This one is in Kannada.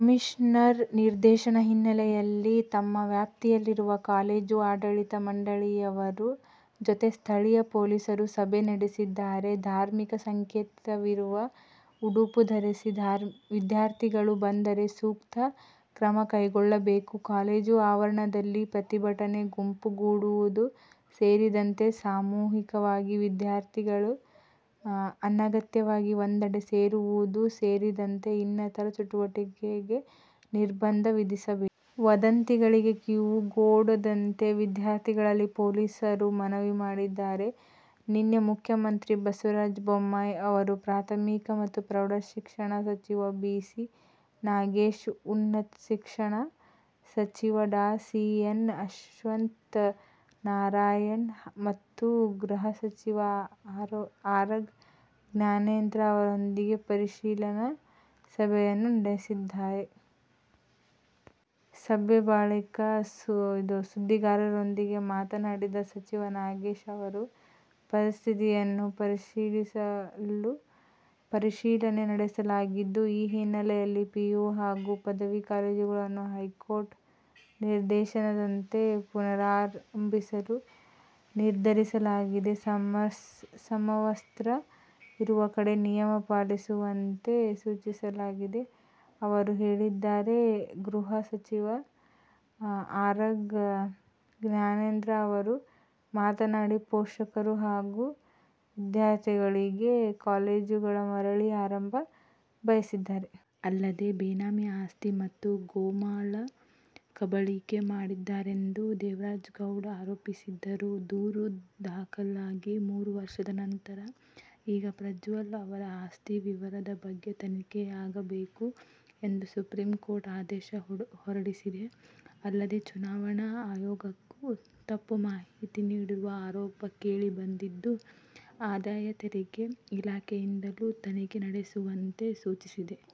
ಕಮಿಷನರ್ ನಿರ್ದೇಶನ ಹಿನ್ನೆಲೆಯಲ್ಲಿ ತಮ್ಮ ವ್ಯಾಪ್ತಿಯಲ್ಲಿರುವ ಕಾಲೇಜು ಆಡಳಿತ ಮಂಡಳಿಯವರ ಜತೆ ಸ್ಥಳೀಯ ಪೊಲೀಸರು ಸಭೆ ನಡೆಸಿದ್ದಾರೆ. ಧಾರ್ಮಿಕ ಸಂಕೇತವಿರುವ ಉಡುಪು ಧರಿಸಿ ವಿದ್ಯಾರ್ಥಿಗಳು ಬಂದರೆ ಸೂಕ್ತ ಕ್ರಮ ಕೈಗೊಳ್ಳಬೇಕು. ಕಾಲೇಜು ಆವರಣದಲ್ಲಿ ಪ್ರತಿಭಟನೆ, ಗುಂಪುಗೂಡುವುದು ಸೇರಿದಂತೆ ಸಾಮೂಹಿಕವಾಗಿ ವಿದ್ಯಾರ್ಥಿಗಳು ಅನಗತ್ಯವಾಗಿ ಒಂದೆಡೆ ಸೇರುವುದು ಸೇರಿದಂತೆ ಇನ್ನಿತರ ಚಟುವಟಿಕೆಗೆ ನಿರ್ಬಂಧ ವಿಧಿಸಬೇಕು. ವದಂತಿಗಳಿಗೆ ಕಿವಿಗೊಡದಂತೆ ವಿದ್ಯಾರ್ಥಿಗಳಲ್ಲಿ ಪೊಲೀಸರು ಮನವಿ ಮಾಡಿದ್ದಾರೆ. ನಿನ್ನೆ ಮುಖ್ಯಮಂತ್ರಿ ಬಸವರಾಜ ಬೊಮ್ಮಾಯಿ ಅವರು ಪ್ರಾಥಮಿಕ ಮತ್ತು ಪ್ರೌಢ ಶಿಕ್ಷಣ ಸಚಿವ ಬಿ ಸಿ ನಾಗೇಶ್, ಉನ್ನತ ಶಿಕ್ಷಣ ಸಚಿವ ಡಾ ಸಿಎನ್ ಅಶ್ವಥ್ ನಾರಾಯಣ್ ಮತ್ತು ಗೃಹ ಸಚಿವ ಆರಗ ಜ್ಞಾನೇಂದ್ರ ಅವರೊಂದಿಗೆ ಪರಿಶೀಲನಾ ಸಭೆಯನ್ನೂ ನಡೆಸಿದ್ದಾರೆ. ಸಭೆ ಬಳಿಕ ಸುದ್ದಿಗಾರರೊಂದಿಗೆ ಮಾತನಾಡಿದ ಸಚಿವ ನಾಗೇಶ್ ಅವರು, ಪರಿಸ್ಥಿತಿಯನ್ನು ಪರಿಶೀಲನೆ ನಡೆಸಲಾಗಿದ್ದು, ಈ ಹಿನ್ನೆಲೆಯಲ್ಲಿ ಪಿಯು ಹಾಗೂ ಪದವಿ ಕಾಲೇಜುಗಳನ್ನು ಹೈಕೋರ್ಟ್ ನಿರ್ದೇಶನದಂತೆ ಪುನರಾರಂಭಿಸಲು ನಿರ್ಧರಿಸಲಾಗಿದೆ. ಸಮವಸ್ತ್ರ ಇರುವ ಕಡೆ ನಿಯಮ ಪಾಲಿಸುವಂತೆ ಸೂಚಿಸಲಾಗಿದೆ ಎಂದು ಹೇಳಿದ್ದಾರೆ. ಗೃಹ ಸಚಿವ ಆರಗ ಜ್ಞಾನೇಂದ್ರ ಅವರು ಮಾತನಾಡಿ, ಪೋಷಕರು ಹಾಗೂ ವಿದ್ಯಾರ್ಥಿಗಳು ಕಾಲೇಜುಗಳ ಮರಳಿ ಆರಂಭ ಬಯಿಸಿದ್ದಾರೆ. ಅಲ್ಲದೆ, ಬೇನಾಮಿ ಆಸ್ತಿ ಮತ್ತು ಗೋಮಾಳ ಕಬಳಿಕೆ ಮಾಡಿದ್ದಾರೆಂದು ದೇವರಾಜೇಗೌಡ ಆರೋಪಿಸಿದ್ದರು. ದೂರು ದಾಖಲಾಗಿ ಮೂರು ವರ್ಷದ ನಂತರ ಈಗ ಪ್ರಜ್ವಲ್ ಅವರ ಆಸ್ತಿ ವಿವರದ ಬಗ್ಗೆ ತನಿಖೆಯಾಗಬೇಕು ಎಂದು ಸುಪ್ರೀಂಕೋರ್ಟ್ ಆದೇಶ ಹೊರಡಿಸಿದೆ. ಅಲ್ಲದೆ, ಚುನಾವಣಾ ಆಯೋಗಕ್ಕೂ ತಪ್ಪು ಮಾಹಿತಿ ನೀಡಿರುವ ಆರೋಪ ಕೇಳಿ ಬಂದಿದ್ದು, ಆದಾಯ ತೆರಿಗೆ ಇಲಾಖೆಯಿಂದಲೂ ತನಿಖೆ ನಡೆಸುವಂತೆ ಸೂಚಿಸಿದೆ.